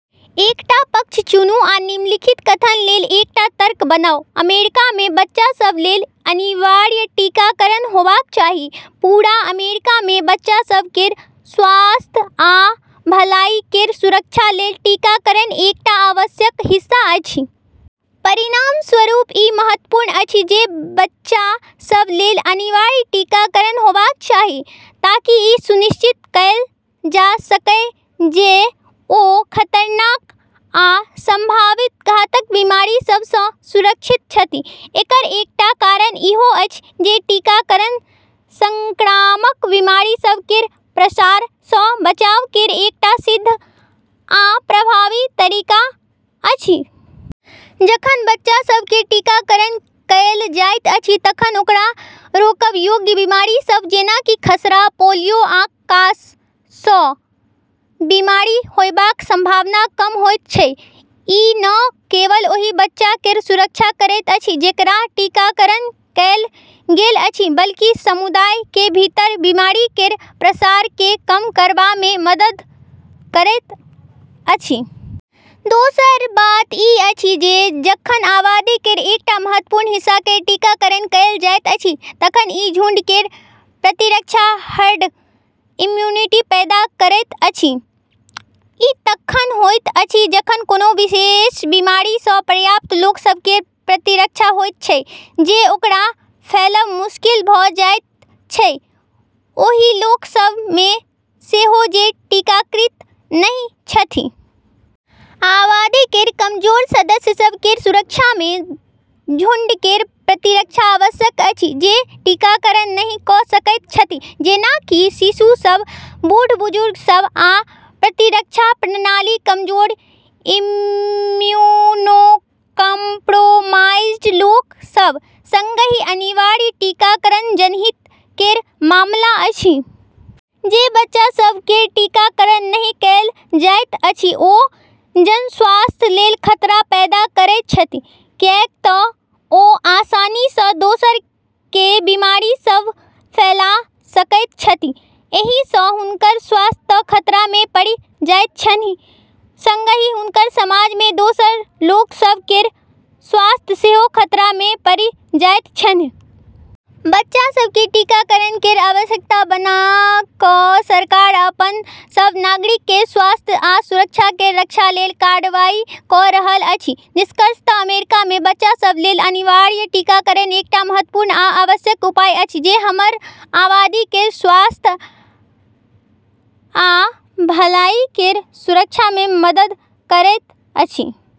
एकटा पक्ष चुनू आ निम्नलिखित कथन लेल एकटा तर्क बनाऊ। अमेरिका मे बच्चा सभ लेल अनिवार्य टीकाकरण होबाक चाही। पूरा अमेरिका मे बच्चा सभ केर स्वास्थ्य आ भलाई केर सुरक्षा लेल टीकाकरण एकटा आवश्यक हिस्सा अछि। परिणामस्वरूप, ई महत्वपूर्ण अछि जे बच्चा सभ लेल अनिवार्य टीकाकरण होबाक चाही, ताकि ई सुनिश्चित कएल जा सकय जे ओ खतरनाक आ सम्भावित घातक बीमारी सभ सँ सुरक्षित छथि। एकर एकटा कारण ईहो अछि जे टीकाकरण संक्रामक बीमारी सभ केर प्रसार सँ बचाव केर एकटा सिद्ध आ प्रभावी तरीका अछि। जखन बच्चा सभ केर टीकाकरण कएल जाइत अछि, तखन ओकरा रोकब योग्य बीमारी सभ जेना कि खसरा, पोलियो, आ कास सँ बीमार होयबाक संभावना कम होइत छै। ई न केवल ओहि बच्चा केर सुरक्षा करैत अछि, जेकरा टीकाकरण कएल गेल अछि, बल्कि समुदाय केर भीतर बीमारी केर प्रसार केँ कम करबा मे मदद करैत अछि। दोसर बात ई अछि जे जखन आबादी केर एकटा महत्वपूर्ण हिस्सा केर टीकाकरण कएल जाइत अछि तखन ई झुंड केर प्रतिरक्षा हर्ड इम्युनिटी पैदा करैत अछि। ई तखन होइत अछि जखन कोनो विशेष बीमारी सँ पर्याप्त लोक सभ केँ प्रतिरक्षा होइत छै जे ओकरा फैलब मुश्किल भऽ जाइत छै, ओहि लोक सभ मे सेहो जे टीकाकृत नहि छथि। आबादी केर कमजोर सदस्य सभ केर सुरक्षा मे झुंड केर प्रतिरक्षा आवश्यक अछि, जे टीकाकरण नहि कऽ सकैत छथि, जेना कि शिशु सभ, बूढ़-बुजुर्ग सभ, आ प्रतिरक्षा प्रणाली कमजोर इम्यूनोकाम्प्रोमाइज्ड लोक सभ। संगहि, अनिवार्य टीकाकरण जनहित केर मामला अछि। जे बच्चा सभ केर टीकाकरण नहि कएल जाइत अछि, ओ जनस्वास्थ्य लेल खतरा पैदा करैत छथि, कियाक तँ ओ आसानी सँ दोसर केँ बीमारी सभ फैला सकैत छथि। एहि सँ हुनकर स्वास्थ्य तँ खतरा मे पड़ि जाइत छन्हि, संगहि हुनकर समाज मे दोसर लोक सभ केर स्वास्थ्य सेहो खतरा मे पड़ि जाइत छन्हि। बच्चा सभ केँ टीकाकरण केर आवश्यकता बना कऽ सरकार अपन सभ नागरिक केर स्वास्थ्य आ सुरक्षा केर रक्षा लेल कार्रवाई कऽ रहल अछि। निष्कर्षतः, अमेरिका मे बच्चा सभ लेल अनिवार्य टीकाकरण एकटा महत्वपूर्ण आ आवश्यक उपाय अछि जे हमर आबादी केर स्वास्थ्य आ भलाई केर सुरक्षा मे मदद करैत अछि।